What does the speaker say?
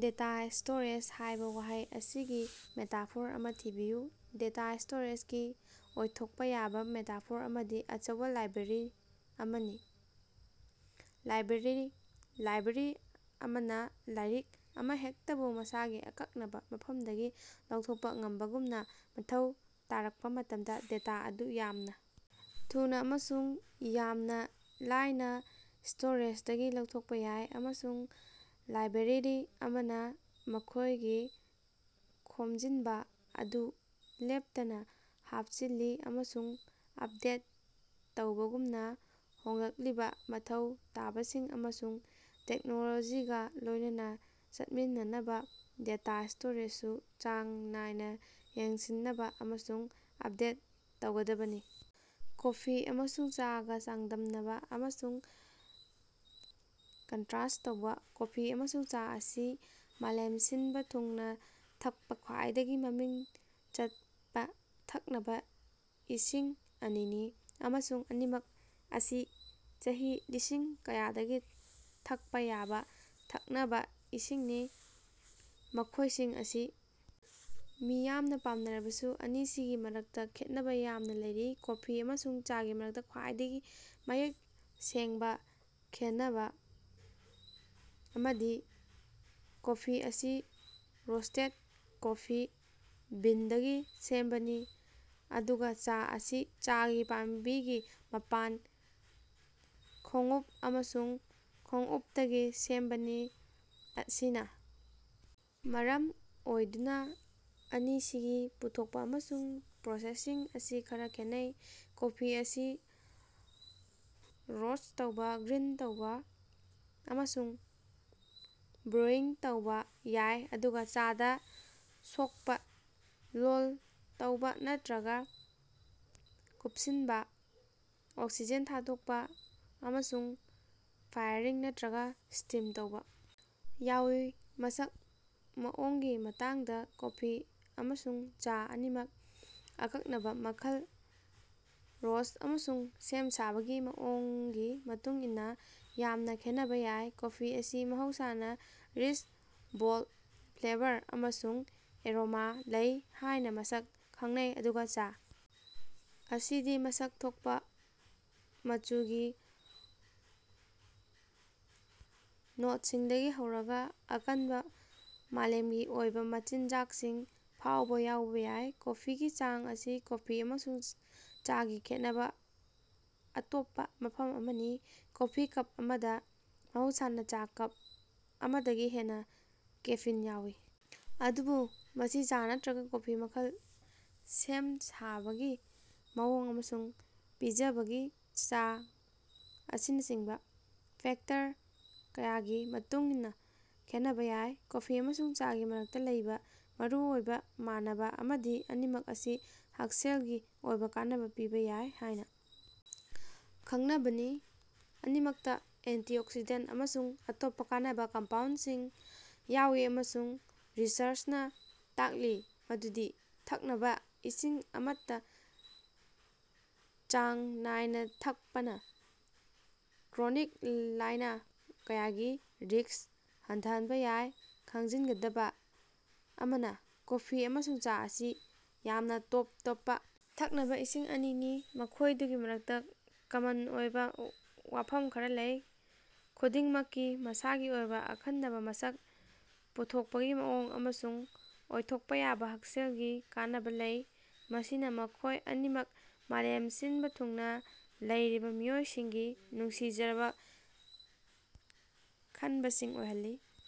"Data storage" ꯍꯥꯏꯕ ꯋꯥꯍꯩ ꯑꯁꯤꯒꯤ ꯃꯦꯇꯥꯐꯣꯔ ꯑꯃꯥ ꯊꯤꯕꯤꯌꯨ꯫ "ꯗꯦꯇꯥ ꯁ꯭ꯇꯣꯔꯦꯖ"ꯒꯤ ꯑꯣꯏꯊꯣꯛꯄ ꯌꯥꯕ ꯃꯦꯇꯥꯐꯣꯔ ꯑꯃꯗꯤ ꯑꯆꯧꯕ ꯂꯥꯏꯕ꯭ꯔꯦꯔꯤ ꯑꯃꯅꯤ꯫ ꯂꯥꯏꯕ꯭ꯔꯦꯔꯤ꯫ ꯂꯥꯏꯕ꯭ꯔꯦꯔꯤ ꯑꯃꯅ ꯂꯥꯏꯔꯤꯛ ꯑꯃꯍꯦꯛꯇꯕꯨ ꯃꯁꯥꯒꯤ ꯑꯀꯛꯅꯕ ꯃꯐꯝꯗꯒꯤ ꯂꯧꯊꯣꯛꯄ ꯉꯝꯕꯒꯨꯝꯅ, ꯃꯊꯧ ꯇꯥꯔꯛꯄ ꯃꯇꯝꯗ ꯗꯦꯇꯥ ꯑꯗꯨ ꯌꯥꯝꯅ ꯊꯨꯅ ꯑꯃꯁꯨꯡ ꯌꯥꯝꯅ ꯂꯥꯏꯅ ꯁ꯭ꯇꯣꯔꯦꯖꯗꯒꯤ ꯂꯧꯊꯣꯛꯄ ꯌꯥꯏ꯫ ꯑꯃꯁꯨꯡ ꯂꯥꯏꯕ꯭ꯔꯦꯔꯤ ꯑꯃꯅ ꯃꯈꯣꯏꯒꯤ ꯈꯣꯝꯖꯤꯟꯕ ꯑꯗꯨ ꯂꯦꯞꯇꯅ ꯍꯥꯞꯆꯤꯜꯂꯤ ꯑꯃꯁꯨꯡ ꯑꯄꯗꯦꯠ ꯇꯧꯕꯒꯨꯝꯅ, ꯍꯣꯡꯂꯛꯂꯤꯕ ꯃꯊꯧ ꯇꯥꯕꯁꯤꯡ ꯑꯃꯁꯨꯡ ꯇꯦꯛꯅꯣꯂꯣꯖꯤꯒ ꯂꯣꯏꯅꯅ ꯆꯠꯃꯤꯟꯅꯅꯕ ꯗꯦꯇꯥ ꯁ꯭ꯇꯣꯔꯦꯖꯁꯨ ꯆꯥꯡ ꯅꯥꯏꯅ ꯌꯦꯡꯁꯤꯅꯕ ꯑꯃꯁꯨꯡ ꯑꯞꯗꯦꯠ ꯇꯧꯒꯗꯕꯅꯤ꯫ ꯀꯣꯐꯤ ꯑꯃꯁꯨꯡ ꯆꯥꯒ ꯆꯥꯡꯗꯝꯅꯕ ꯑꯃꯁꯨꯡ ꯀꯟꯇꯔꯁ꯭ꯠ ꯇꯧꯕ꯫ ꯀꯣꯐꯤ ꯑꯃꯁꯨꯡ ꯆꯥ ꯑꯁꯤ ꯃꯥꯂꯦꯝ ꯁꯤꯟꯕ ꯊꯨꯡꯅ ꯊꯛꯄ ꯈ꯭ꯋꯥꯏꯗꯒꯤ ꯃꯃꯤꯡ ꯆꯠꯄ ꯊꯛꯅꯕ ꯏꯁꯤꯡ ꯑꯅꯤꯅꯤ, ꯑꯃꯁꯨꯡ ꯑꯅꯤꯃꯛ ꯑꯁꯤ ꯆꯍꯤ ꯂꯤꯁꯤꯡ ꯀꯌꯥꯗꯒꯤ ꯊꯛꯄ ꯌꯥꯕ ꯊꯛꯅꯕ ꯏꯁꯤꯡꯅꯤ꯫ ꯃꯈꯣꯏꯁꯤꯡ ꯑꯁꯤ ꯃꯤꯌꯥꯝꯅ ꯄꯥꯝꯅꯔꯕꯁꯨ ꯑꯅꯤꯁꯤꯒꯤ ꯃꯔꯛꯇ ꯈꯦꯠꯅꯕ ꯀꯌꯥ ꯂꯩꯔꯤ꯫ ꯀꯣꯐꯤ ꯑꯃꯁꯨꯡ ꯆꯥꯒꯤ ꯃꯔꯛꯇ ꯈ꯭ꯋꯥꯏꯗꯒꯤ ꯃꯌꯦꯛ ꯁꯦꯡꯕ ꯈꯦꯟꯅꯕ ꯑꯃꯗꯤ ꯀꯣꯐꯤ ꯑꯁꯤ ꯔꯣꯁ꯭ꯇꯦꯗ ꯀꯣꯐꯤ ꯕꯤꯟꯗꯒꯤ ꯁꯦꯝꯕꯅꯤ, ꯑꯗꯨꯒ ꯆꯥ ꯑꯁꯤ ꯆꯥꯒꯤ ꯄꯥꯝꯕꯤꯒꯤ ꯃꯄꯥꯟ, ꯈꯣꯡꯎꯞ ꯑꯃꯁꯨꯡ ꯈꯣꯡꯎꯞꯇꯒꯤ ꯁꯦꯝꯕꯅꯤ꯫ ꯃꯁꯤꯅ ꯃꯔꯝ ꯑꯣꯏꯗꯨꯅ ꯑꯅꯤꯁꯤꯒꯤ ꯄꯨꯊꯣꯛꯄ ꯑꯃꯁꯨꯡ ꯄ꯭ꯔꯣꯁꯦꯁꯤꯡ ꯑꯁꯤ ꯈꯔ ꯈꯦꯠꯅꯩ: ꯀꯣꯐꯤ ꯑꯁꯤ ꯔꯣꯁ꯭ꯠ ꯇꯧꯕ, ꯒ꯭ꯔꯤꯟ ꯇꯧꯕ ꯑꯃꯁꯨꯡ ꯕ꯭ꯔꯨꯏꯪ ꯇꯧꯕ ꯌꯥꯎꯏ, ꯑꯗꯨꯒ ꯆꯥꯗ ꯁꯣꯛꯄ, ꯂꯣꯜ ꯇꯧꯕ ꯅꯠꯇꯔꯒ ꯀꯨꯞꯁꯤꯟꯕ, ꯑꯣꯛꯁꯤꯖꯦꯟ ꯊꯥꯗꯣꯛꯄ, ꯑꯃꯁꯨꯡ ꯐꯥꯏꯔꯤꯡ ꯅꯠꯇꯔꯒ ꯁ꯭ꯇꯤꯝ ꯇꯧꯕ ꯌꯥꯎꯏ꯫ ꯃꯁꯛ ꯃꯑꯣꯡꯒꯤ ꯃꯇꯥꯡꯗ, ꯀꯣꯐꯤ ꯑꯃꯁꯨꯡ ꯆꯥ ꯑꯅꯤꯃꯛ ꯑꯀꯛꯅꯕ ꯃꯈꯜ, ꯔꯣꯁ꯭ꯠ ꯑꯃꯁꯨꯡ ꯁꯦꯝ-ꯁꯥꯕꯒꯤ ꯃꯑꯣꯡꯒꯤ ꯃꯇꯨꯡ ꯏꯟꯅ ꯌꯥꯝꯅ ꯈꯦꯠꯅꯕ ꯌꯥꯏ꯫ ꯀꯣꯐꯤ ꯑꯁꯤ ꯃꯍꯧꯁꯥꯅ ꯔꯤꯆ, ꯕꯣꯜꯗ ꯐ꯭ꯂꯦꯕꯔ ꯑꯃꯁꯨꯡ ꯑꯦꯔꯣꯃꯥ ꯂꯩ ꯍꯥꯏꯅ ꯃꯁꯛ ꯈꯪꯅꯩ, ꯑꯗꯨꯒ ꯆꯥ ꯑꯁꯤꯗꯤ ꯃꯁꯛ ꯊꯣꯛꯄ, ꯃꯆꯨꯒꯤ ꯅꯣꯠꯁꯤꯡꯗꯒꯤ ꯍꯧꯔꯒ ꯑꯀꯟꯕ, ꯃꯥꯂꯦꯃꯒꯤ ꯑꯣꯏꯕ ꯃꯆꯤꯟꯖꯥꯛꯁꯤꯡ ꯐꯥꯎꯕ ꯌꯥꯎꯕ ꯌꯥꯏ꯫ ꯀꯦꯐꯤꯒꯤ ꯆꯥꯡ ꯑꯁꯤ ꯀꯣꯐꯤ ꯑꯃꯁꯨꯡ ꯆꯥꯒꯤ ꯈꯦꯠꯅꯕ ꯑꯇꯣꯞꯄ ꯃꯐꯝ ꯑꯃꯅꯤ꯫ ꯀꯣꯐꯤ ꯀꯞ ꯑꯃꯗ ꯃꯍꯧꯁꯥꯅ ꯆꯥ ꯀꯞ ꯑꯃꯗꯒꯤ ꯍꯦꯟꯅ ꯀꯦꯐꯤꯟ ꯌꯥꯎꯏ, ꯑꯗꯨꯕꯨ ꯃꯁꯤ ꯆꯥ ꯅꯠꯇꯔꯒ ꯀꯣꯐꯤ ꯃꯈꯜ, ꯁꯦꯝ-ꯁꯥꯕꯒꯤ ꯃꯑꯣꯡ ꯑꯃꯁꯨꯡ ꯄꯤꯖꯕꯒꯤ ꯆꯥꯡ ꯑꯁꯤꯅꯆꯤꯡꯕ ꯐꯦꯛꯇꯔ ꯀꯌꯥꯒꯤ ꯃꯇꯨꯡꯏꯟꯅꯥ ꯈꯦꯠꯅꯕ ꯌꯥꯏ꯫ ꯀꯣꯐꯤ ꯑꯃꯁꯨꯡ ꯆꯥꯒꯤ ꯃꯔꯛꯇ ꯂꯩꯕꯥ ꯃꯔꯨꯑꯣꯏꯕ ꯃꯥꯟꯅꯕ ꯑꯃꯗꯤ ꯑꯅꯤꯃꯛ ꯑꯁꯤ ꯍꯛꯁꯦꯜꯒꯤ ꯑꯣꯏꯕ ꯀꯥꯟꯅꯕ ꯄꯤꯕ ꯌꯥꯏ ꯍꯥꯏꯅ ꯈꯪꯅꯕꯅꯤ꯫ ꯑꯅꯤꯃꯛꯇ ꯑꯦꯟꯇꯤꯑꯣꯛꯁꯤꯗꯦꯟꯇ ꯑꯃꯁꯨꯡ ꯑꯇꯣꯞꯄ ꯀꯥꯟꯅꯕ ꯀꯝꯄꯥꯎꯟꯗꯁꯤꯡ ꯌꯥꯎꯏ ꯑꯃꯁꯨꯡ ꯔꯤꯁꯔ꯭ꯆꯅ ꯇꯥꯛꯂꯤ ꯃꯗꯨꯗꯤ ꯊꯛꯅꯕ ꯏꯁꯤꯡ ꯑꯃꯠꯇ ꯆꯥꯡ ꯅꯥꯏꯅ ꯊꯛꯄꯅ ꯀ꯭ꯔꯣꯅꯤꯛ ꯂꯥꯏꯅ ꯀꯌꯥꯒꯤ ꯔꯤꯁ꯭ꯛ ꯍꯟꯊꯍꯟꯕ ꯌꯥꯏ꯫ ꯈꯪꯖꯤꯟꯒꯗꯕ ꯑꯃꯅ, ꯀꯣꯐꯤ ꯑꯃꯁꯨꯡ ꯆꯥ ꯑꯁꯤ ꯌꯥꯝꯅ ꯇꯣꯞ ꯇꯣꯞꯄ ꯊꯛꯅꯕꯥ ꯏꯁꯤꯡ ꯑꯅꯤꯅꯤ, ꯃꯈꯣꯏꯗꯨꯒꯤ ꯃꯔꯛꯇ ꯀꯃꯟ ꯑꯣꯏꯕ ꯋꯥꯐꯝ ꯈꯔ ꯂꯩ꯫ ꯈꯨꯗꯤꯡꯃꯛꯀꯤ ꯃꯁꯥꯒꯤ ꯑꯣꯏꯕ ꯑꯈꯟꯅꯕ ꯃꯁꯛ, ꯄꯨꯊꯣꯛꯄꯒꯤ ꯃꯑꯣꯡ, ꯑꯃꯁꯨꯡ ꯑꯣꯏꯊꯣꯛꯄ ꯌꯥꯕ ꯍꯛꯁꯦꯜꯒꯤ ꯀꯥꯟꯅꯕ ꯂꯩ, ꯃꯁꯤꯅ ꯃꯈꯣꯏ ꯑꯅꯤꯃꯛ ꯃꯥꯂꯦꯝ ꯁꯤꯟꯕ ꯊꯨꯡꯅ ꯂꯩꯔꯤꯕ ꯃꯤꯑꯣꯏꯁꯤꯡꯒꯤ ꯅꯨꯡꯁꯤꯖꯔꯕ ꯈꯟꯕꯁꯤꯡ ꯑꯣꯏꯍꯜꯂꯤ꯫